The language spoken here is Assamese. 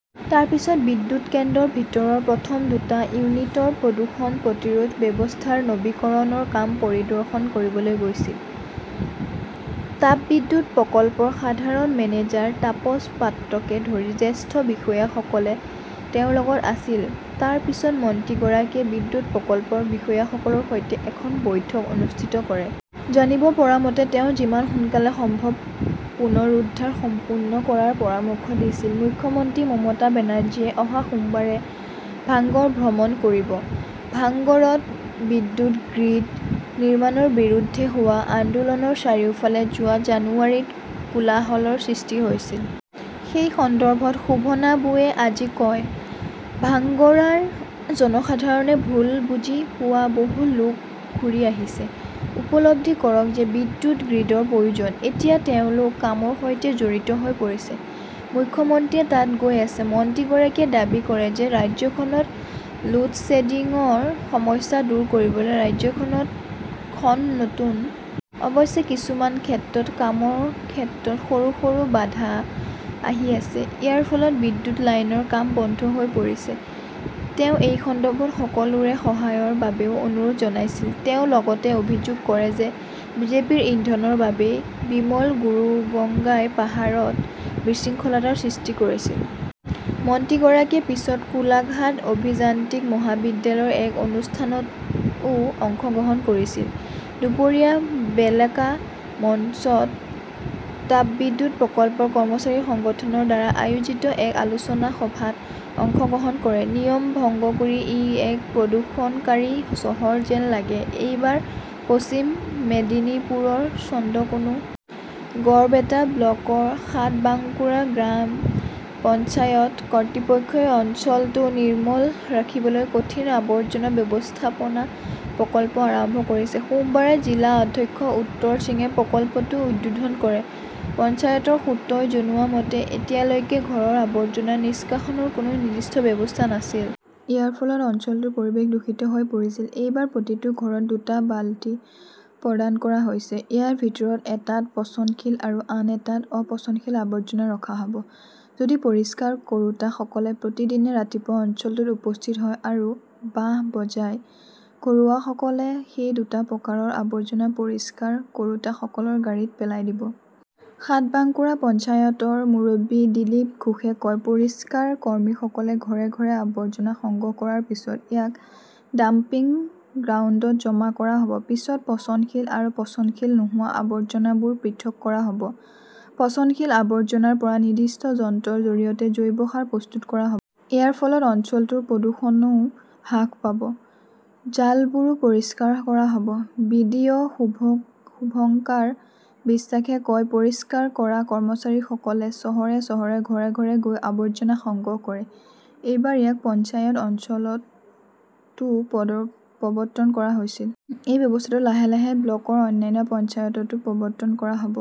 তাৰ পিছত বিদ্যুৎ কেন্দ্ৰৰ ভিতৰৰ প্ৰথম দুটা ইউনিটৰ প্ৰদূষণ প্ৰতিৰোধ ব্যৱস্থাৰ নৱীকৰণৰ কাম পৰিদৰ্শন কৰিবলৈ গৈছিল। তাপবিদ্যুৎ প্ৰকল্পৰ সাধাৰণ মেনেজাৰ তাপস পাত্ৰকে ধৰি জ্যেষ্ঠ বিষয়াসকল তেওঁৰ লগত আছিল। তাৰ পিছত মন্ত্ৰীগৰাকীয়ে বিদ্যুৎ প্ৰকল্পৰ বিষয়াসকলৰ সৈতে এখন বৈঠক অনুষ্ঠিত কৰে। জানিব পৰা মতে তেওঁ যিমান সোনকালে সম্ভৱ পুনৰুদ্ধাৰ সম্পন্ন কৰাৰ পৰামৰ্শ দিছিল। মুখ্যমন্ত্ৰী মমতা বেনাৰ্জীয়ে অহা সোমবাৰে ভাঙ্গৰ ভ্ৰমণ কৰিব। ভাংগৰত বিদ্যুৎ গ্ৰীড নিৰ্মাণৰ বিৰুদ্ধে হোৱা আন্দোলনৰ চাৰিওফালে যোৱা জানুৱাৰীত কোলাহলৰ সৃষ্টি হৈছিল। সেই সন্দৰ্ভত শোভনাবুৱে আজি কয়, ভাংগৰাৰ জনসাধাৰণে ভুল বুজি পোৱা বহু লোক ঘূৰি আহিছে। উপলব্ধি কৰক যে বিদ্যুৎ গ্ৰীডৰ প্ৰয়োজন। এতিয়া তেওঁলোক কামৰ সৈতে জড়িত হৈ পৰিছে। মুখ্যমন্ত্ৰীয়ে তাত গৈ আছে। মন্ত্ৰীগৰাকীয়ে দাবী কৰে যে ৰাজ্যখনত লোডশ্বেডিংৰ সমস্যা দূৰ কৰিবলৈ ৰাজ্যখনত খন নতুন উপ-ষ্টেচন নিৰ্মাণৰ কাম চলি আছে। অৱশ্যে কিছুমান ক্ষেত্ৰত কামৰ ক্ষেত্ৰত সৰু সৰু বাধা আহি আছে। ইয়াৰ ফলত বিদ্যুৎ লাইনৰ কাম বন্ধ হৈ পৰিছে। তেওঁ এই সন্দৰ্ভত সকলোৰে সহায়ৰ বাবেও অনুৰোধ জনাইছিল। তেওঁ লগতে অভিযোগ কৰে যে বিজেপিৰ ইন্ধনৰ বাবেই বিমল গুৰুঙ্গৰাই পাহাৰত বিশৃংখলতাৰ সৃষ্টি কৰিছিল। মন্ত্ৰীগৰাকীয়ে পিছত কোলাঘাট অভিযান্ত্ৰিক মহাবিদ্যালয়ৰ এক অনুষ্ঠানতও অংশগ্ৰহণ কৰিছিল। দুপৰীয়া বেলাকা মঞ্চত তাপবিদ্যুৎ প্ৰকল্পৰ কৰ্মচাৰী সংগঠনৰ দ্বাৰা আয়োজিত এক আলোচনা সভাত অংশগ্ৰহণ কৰে। নিয়ম ভংগ কৰি ই এক প্ৰদূষণকাৰী চহৰ যেন লাগে এইবাৰ পশ্চিম মেদিনীপুৰৰ চন্দ্ৰকোনা ৰোডৰ বাসিন্দাসকলে বাঁহৰ শব্দৰ দ্বাৰা টোপনি হেৰুৱাব। গড়বেটা- ব্লকৰ সাতবাঙ্কুৰা গ্ৰাম পঞ্চায়ত কৰ্তৃপক্ষই অঞ্চলটো নিৰ্মল ৰাখিবলৈ কঠিন আৱৰ্জনা ব্যৱস্থাপনা প্ৰকল্প আৰম্ভ কৰিছে। সোমবাৰে জিলা অধ্যক্ষ উত্তৰ সিঙে প্ৰকল্পটো উদ্বোধন কৰে। পঞ্চায়তৰ সূত্ৰই জনোৱা মতে, এতিয়ালৈকে ঘৰৰ আৱৰ্জনা নিষ্কাশনৰ কোনো নিৰ্দিষ্ট ব্যৱস্থা নাছিল। ইয়াৰ ফলত অঞ্চলটোৰ পৰিৱেশ দূষিত হৈ পৰিছিল। এইবাৰ প্ৰতিটো ঘৰত দুটা বালতি প্ৰদান কৰা হৈছে। ইয়াৰ ভিতৰত এটাত পচনশীল আৰু আন এটাত অ-পচনশীল আৱৰ্জনা ৰখা হব। যদি পৰিষ্কাৰ কৰোঁতাসকলে প্ৰতিদিনে ৰাতিপুৱা অঞ্চলটোত উপস্থিত হয় আৰু বাঁহ বজায়, ঘৰুৱাসকলে সেই দুটা প্ৰকাৰৰ আৱৰ্জনা পৰিষ্কাৰ কৰোঁতাসকলৰ গাড়ীত পেলাই দিব। সাতবাঙ্কুৰা পঞ্চায়তৰ মুৰব্বী দিলীপ ঘোষে কয়, পৰিষ্কাৰ কৰ্মীসকলে ঘৰে-ঘৰে আৱৰ্জনা সংগ্ৰহ কৰাৰ পিছত ইয়াক ডাম্পিং গ্ৰাউণ্ডত জমা কৰা হব। পিছত পচনশীল আৰু পচনশীল নোহোৱা আৱৰ্জনাবোৰ পৃথক কৰা হ 'ব। পচনশীল আৱৰ্জনাৰ পৰা নিৰ্দিষ্ট যন্ত্ৰৰ জৰিয়তে জৈৱ সাৰ প্ৰস্তুত কৰা হব । ইয়াৰ ফলত অঞ্চলটোৰ প্ৰদূষণও হ্ৰাস পাব। জালবোৰো পৰিষ্কাৰ কৰা হব । বি. ডি. অ শুভঙ্কাৰ বিশ্বাসে কয়, পৰিষ্কাৰ কৰা কৰ্মচাৰীসকলে চহৰে-চহৰে ঘৰে-ঘৰে গৈ আৱৰ্জনা সংগ্ৰহ কৰে। এইবাৰ ইয়াক পঞ্চায়ত অঞ্চলতও প্ৰৱৰ্তন কৰা হৈছিল। এই ব্যৱস্থাটো লাহে লাহে ব্লকৰ অন্যান্য পঞ্চায়ততো প্ৰৱৰ্তন কৰা হব।